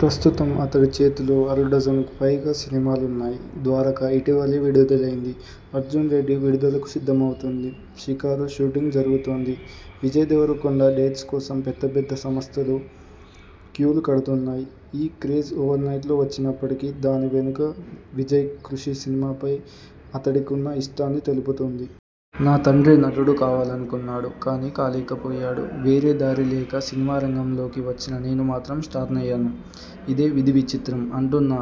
ప్రస్తుతం అతడి చేతిలో అరడజనుకుపైగా సినిమాలున్నాయి. 'ద్వారక' ఇటీవలే విడుదలైంది. 'అర్జున్రెడ్డి' విడుదలకు సిద్ధమవుతోంది. 'షికారు' షూటింగ్ జరుగుతోంది. విజయ్ దేవరకొండ డేట్స్ కోసం పెద్ద పెద్ద సంస్థలు క్యూలు కడుతున్నాయి. ఈ క్రేజ్ ఓవర్నైట్లో వచ్చినప్పటికీ, దాని వెనుక విజయ్ కృషి సినిమాపై అతడికున్న ఇష్టాన్ని తెలుపుతుంది. 'నా తండ్రి నటుడు కావాలనుకున్నాడు. కానీ కాలేకపోయాడు. వేరే దారి లేక సినిమారంగంలోకి వచ్చిన నేను మాత్రం స్టార్నయ్యాను. అదే విధి విచిత్రం' అంటున్న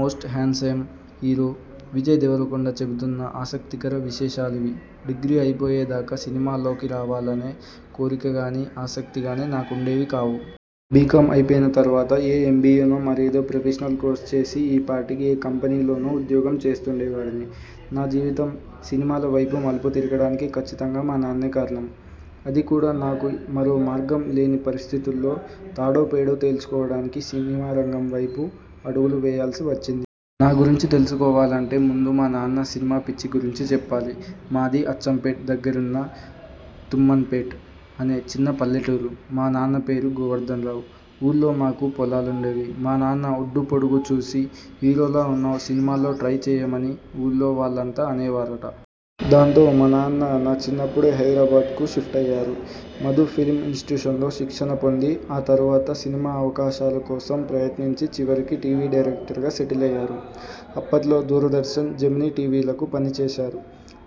most handsome hero Vijay Devarakonda చెబుతున్న ఆసక్తికర విశేషాలివి డిగ్రీ అయిపోయేదాకా సినిమాల్లోకి రావాలనే కోరికగానీ, ఆసక్తిగానీ నాకుండేవి కావు. బీకామ్ అయిపోయిన తర్వాత ఏ ఎంబీయేనో, మరేదో ప్రొఫెషనల్ కోర్సో చేసి ఈపాటికి ఏ కంపెనీలోనో ఉద్యోగం చేస్తుండేవాడిని. నా జీవితం సినిమాలవైపు మలుపు తిరగడానికి కచ్చితంగా మా నాన్నే కారణం. అది కూడా నాకు మరో మార్గం లేని పరిస్థితుల్లో, తాడో పేడో తేల్చుకోవడానికి సినిమారంగం వైపు అడుగులు వేయాల్సి వచ్చింది. నా గురించి తెలుసుకోవాలంటే ముందు మా నాన్న 'సినిమాపిచ్చి' గురించి చెప్పాలి. మాది అచ్చంపేట్ దగ్గరున్న తుమ్మన్పేట్ అనే చిన్న పల్లెటూరు. మా నాన్న పేరు గోవర్దన్రావు. ఊళ్లో మాకు పొలాలుండేవి. మా నాన్న ఒడ్డూపొడుగు చూసి 'హీరోల ఉన్నావు సినిమాల్లో ట్రై చేయమ'ని ఊళ్లో వాళ్లంతా అనేవారట. దాంతో మా నాన్న నా చిన్నప్పుడే హైదరాబాద్కు షిఫ్ట్ అయ్యారు. మధు ఫిల్మ్ ఇనిస్టిట్యూట్లో శిక్షణ పొంది ఆ తర్వాత సినిమా అవకాశాల కోసం ప్రయత్నించి చివరికి టీవీ డైరెక్టర్గా సెటిలయ్యారు. అప్పట్లో దూరదర్శన్, జెమినీ టీవీలకు పనిచేసేవారు.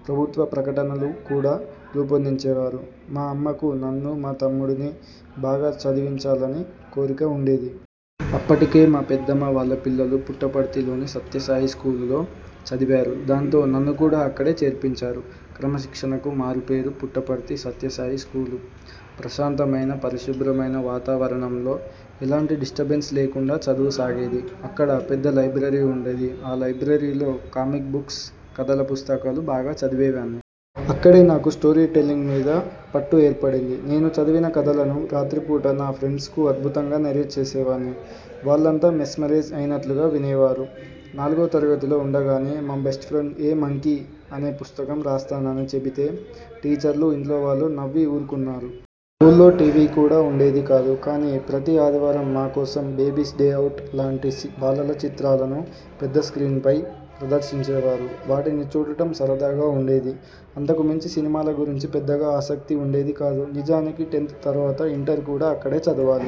ప్రభుత్వ ప్రకటనలు కూడా రూపొందించేవారు. మా అమ్మకు నన్ను, మా తమ్ముడిని బాగా చదివించాలని కోరిక ఉండేది. అప్పటికే మా పెద్దమ్మ వాళ్ల పిల్లలు పుట్టపర్తిలోని సత్యసాయి స్కూలులో చదివారు. దాంతో నన్ను కూడా అక్కడే చేర్పించారు. క్రమశిక్షణకు మారుపేరు పుట్టపర్తి సత్యసాయి స్కూలు. ప్రశాంతమైన, పరిశుభ్రమైన వాతావరణంలో ఎలాంటి డిస్టర్బెన్స్ లేకుండా చదువు సాగేది. అక్కడ పెద్ద లైబ్రరీ ఉండేది. ఆ లైబ్రరీలో కామిక్ బుక్స్, కథల పుస్తకాలు బాగా చదివేవాణ్ణి. అక్కడే నాకు స్టోరీ టెల్లింగ్ మీద పట్టు ఏర్పడింది. నేను చదివిన కథలను రాత్రిపూట నా ఫ్రెండ్స్కు అద్భుతంగా నెరేట్ చేసేవాణ్ణి. వాళ్లంతా మెస్మరైజ్ అయినట్లుగా వినేవారు. నాలుగో తరగతిలో ఉండగానే 'my best friend a monkey' అనే పుస్తకం రాస్తానని చెబితే టీచర్లు, ఇంట్లోవాళ్లు నవ్వి ఊరుకున్నారు. స్కూల్లో టీవీ కూడా ఉండేది కాదు. కానీ ప్రతీ ఆదివారం మా కోసం 'బేబీస్ డే అవుట్' లాంటి బాలల చిత్రాలను పెద్ద స్ర్కీన్పై ప్రదర్శించేవారు. వాటిని చూడటం సరదాగా ఉండేది. అంతకుమించి సినిమాల గురించి పెద్దగా ఆసక్తి ఉండేది కాదు. నిజానికి టెన్త్ తర్వాత ఇంటర్ కూడా అక్కడే చదవాలి.